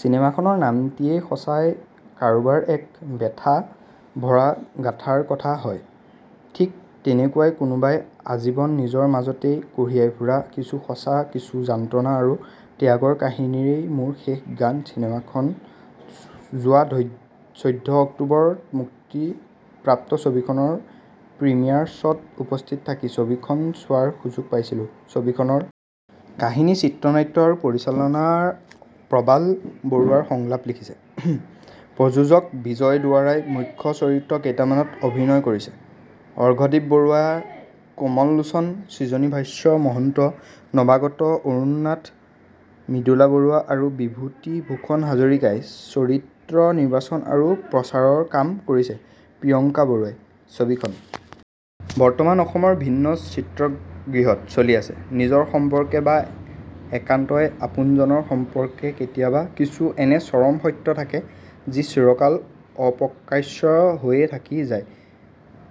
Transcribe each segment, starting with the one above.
চিনেমাখনৰ নামটিয়েই সূচায় কাৰোবাৰ এক বেথা ভৰা গাঁথাৰ কথা হয়। ঠিক তেনেকুৱাই কোনোৱাই আজীৱন নিজৰ মাজতেই কঢ়িয়াই ফুৰা কিছু সঁচা কিছু যন্ত্ৰণা আৰু ত্যাগৰ কাহিনীৰেই মোৰ শেষ গান চিনেমাখন যোৱা চৈধ্য অক্টোবৰত মুক্তি প্ৰাপ্ত ছবিখনৰ প্ৰিমিয়াৰ শ্বত উপস্থিত থাকি ছবিখন চোৱাৰ সুযোগ পাইছিলো। ছবিখনৰ কাহিনী চিত্ৰনাট্য আৰু পৰিচালনা প্ৰবাল বৰুৱাৰ সংলাপ লিখিছে। প্ৰযোজক বিজয় দুৱৰাই মূখ্য চৰিত্ৰ কেইটিমানত অভিনয় কৰিছে ।অৰ্ঘ্যদ্বীপ বৰুৱা কমল লোচন সৃজনী ভাস্ব মহন্ত নৱাগত অৰুণ নাথ মৃদুলা বৰুৱা আৰু বিভূতি ভূষণ হাজৰিকাই চৰিত্ৰ নিৰ্বাচন আৰু প্ৰচাৰৰ কাম কৰিছেপ্ৰিয়ংকা বৰুৱাই ।ছবিখন বৰ্তমান অসমৰ ভিন্ন চিত্ৰগৃহত চলি আছে। নিজৰ সম্পৰ্কে বা একান্তই আপোনজন সম্পৰ্কে কেতিয়াবা কিছু এনে চৰম সত্য থাকে যি চিৰকাল অপ্ৰকাশ্য হৈয়েই থাকি যায়।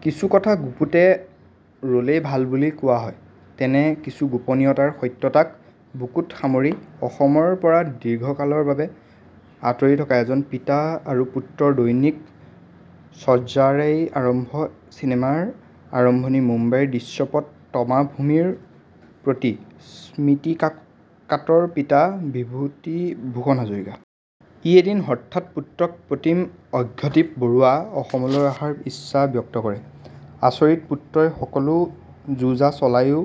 কিছু কথা গুপুতে ৰলেই ভাল বুলি কোৱা হয়। তেনে কিছু গুপনীয়তা সত্যতাক বুকুত সামৰি অসমৰ পৰা দীৰ্ঘকালৰ বাবে আতৰি থকা এজন পিতা আৰু পুত্ৰৰ দৈনিক চৰ্যাৰেই আৰম্ভণি চিনেমাৰ আৰম্ভণি মুম্বাইৰ দৃশ্যপট তমা ভূমিৰ প্ৰতি স্মৃতিকাতৰ পিতা বিভূতি ভূষণ হাজৰিকা। ই এদিন হঠাত পুত্ৰক প্ৰীতম অৰ্ঘ্যদ্বীপ বৰুৱা অসমলৈ অহাৰ ইচ্ছা ব্যক্ত কৰে। আচৰিত পুত্ৰই সকলো যোজা চলাও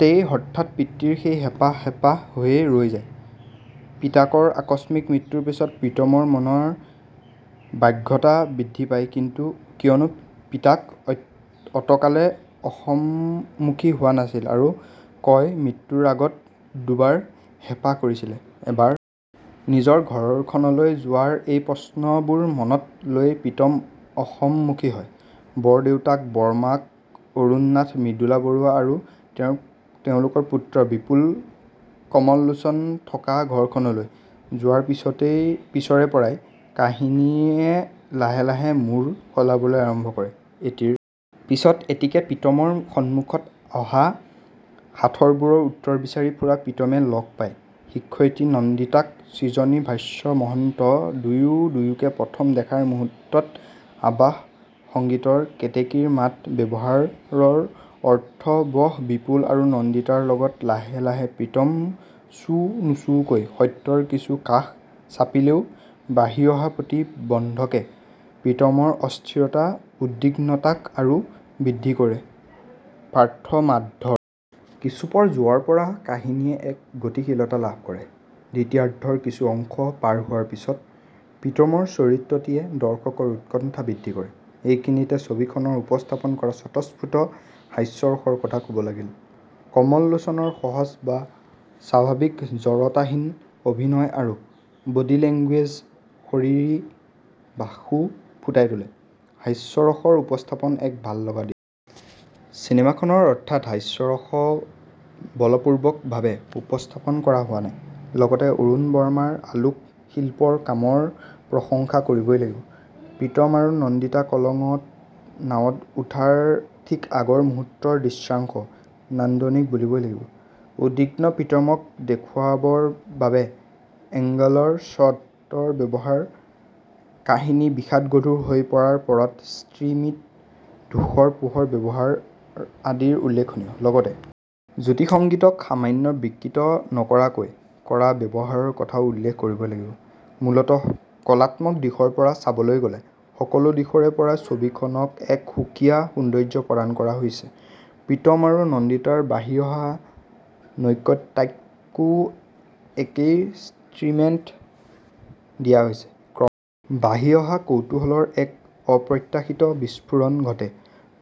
তেই হঠাত পিতৃৰ সেই হেপাঁহ হেপাঁহ হৈয়েই ৰৈ যায়। পিতাকৰ আকস্মিক মৃত্যুৰ পিছত প্ৰীতমৰ মনৰ ব্যগ্ৰতা বৃদ্ধি পাই কিয়নো পিতাক অতকালে অসমমুখী হোৱা নাছিল আৰু কিয় মৃত্যুৰ আগত দুৰ্বাৰ হেপাঁহ কৰিছিলে ।এবাৰ নিজৰ ঘৰখনলৈ যোৱাৰ এই প্ৰশ্নবোৰ মনত লৈয়েই প্ৰীতম অসম মুখী হয়। বৰদেউতাক বৰ্মাক অৰুণ নাথ মৃদুলা বৰুৱা আৰু তেওঁলোকৰ পুত্ৰ বিপুল কমল লোচন থকা ঘৰখনলৈ যোৱাৰ পিছৰে পৰাই কাহিনীয়ে লাহে - লাহে মূৰ সলাবলৈ আৰম্ভ কৰে। এটিৰ পিছত এটিকে প্ৰীতমৰ সমুখত অহা সাঁথৰবোৰৰ উত্তৰ বিচাৰি ফুৰা প্ৰীতমে লগ পাই ।শিক্ষয়িত্ৰী নন্দিতাক সৃজনী ভাস্ব মহন্ত দুয়ো দুয়োকে প্ৰথম দেখাৰ মূহুৰ্তত আৱহ সংগীতত কেতেকীৰ মাতৰ ব্যৱহাৰ অৰ্থৱহবিপুল আৰু নন্দিতাৰ লগত লাহে -লাহে প্ৰীতম চুও নুচুওকৈ সত্যৰ কিছু কাষ চাপিলেও বাঢ়ি অহা প্ৰতি বন্ধকে প্ৰীতমৰ অস্থিৰতা উদ্বিগ্নতাক আৰু বৃদ্ধি কৰে। প্ৰাথমাৰ্দ্ধৰ কিছুপৰ যোৱাৰ পৰা কাহিনীয়ে এক গতিশীলতা লাভ কৰে। দ্বিতীয়াৰ্দ্ধৰ কিছু অংশ পাৰ হোৱাৰ পিছত প্ৰীতমৰ চৰিত্ৰটিয়ে দৰ্শকৰ উৎকন্ঠা বৃদ্ধি কৰে ।এইখিনিতে ছবিখনত উপস্থাপন কৰা স্বতঃস্ফূৰ্ত হাস্যৰসৰ কথা ক'ব লাগিল। কমল লোচনৰ সহজ বা স্বাভাৱিক জড়তাহীন অভিনয় আৰু বডী লেংগুৱেজ শৰীৰী ভাষাে ফুঁটাই তোলা হাস্যৰসৰ উপস্থাপন এক ভাল লগা দিশ। চিনেমা খনৰ অৰ্থাৎ হাস্যৰসক বলপূৰ্বক ভাৱে উপস্থাপন কৰা হোৱা নাই। লগতেই অৰুণ বাৰ্মাৰ আলোক শিল্পৰ কামৰ প্ৰশংসা কৰিবই লাগিব প্ৰীতম আৰু নন্দিতা কলঙত নাৱত উঠাৰ ঠিক আগৰ মুহুৰ্তৰ দৃশ্যাংশ নান্দনিক বুলিব লাগিব। উদ্বিগ্ন প্ৰীতমক দেখোৱাবৰ বাবে লএংগলৰ শ্বটৰ ব্যৱহাৰ কাহিনী বিষাদগধুৰ হৈ পৰাৰ পৰত স্তিমিত ধূঃসৰ পোহৰৰ ব্যৱহাৰ আদি উল্লেখনীয়। লগতে জ্যোতি সংগীতক সামান্য বিকৃত নকৰাকৈ কৰা ব্যৱহাৰৰ কথাও উল্লেখ কৰিব লাগিব ।মূলতঃ কলাত্মক দিশৰ পৰা চাবলৈ গ'লে সকলো দিশৰে পৰাই ছবি খনক এক সুকীয়া সৌন্দৰ্য প্ৰদান কৰা হৈছে ।প্ৰীতম আৰু নন্দিতাৰ বাঢ়ি অহা নৈকট্যকো একেই ট্ৰিটমেন্ট দিয়া হৈছে। ক্ৰমশঃ বাঢ়ি অহা কৌতূহলৰ এক অপ্ৰত্যাশিত বিস্ফোৰণ ঘটে,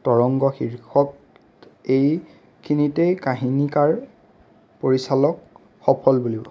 তৰংগ শীৰ্ষত এই খিনিতেই কাহিনীকাৰ পৰিচালক সফল বুলিব।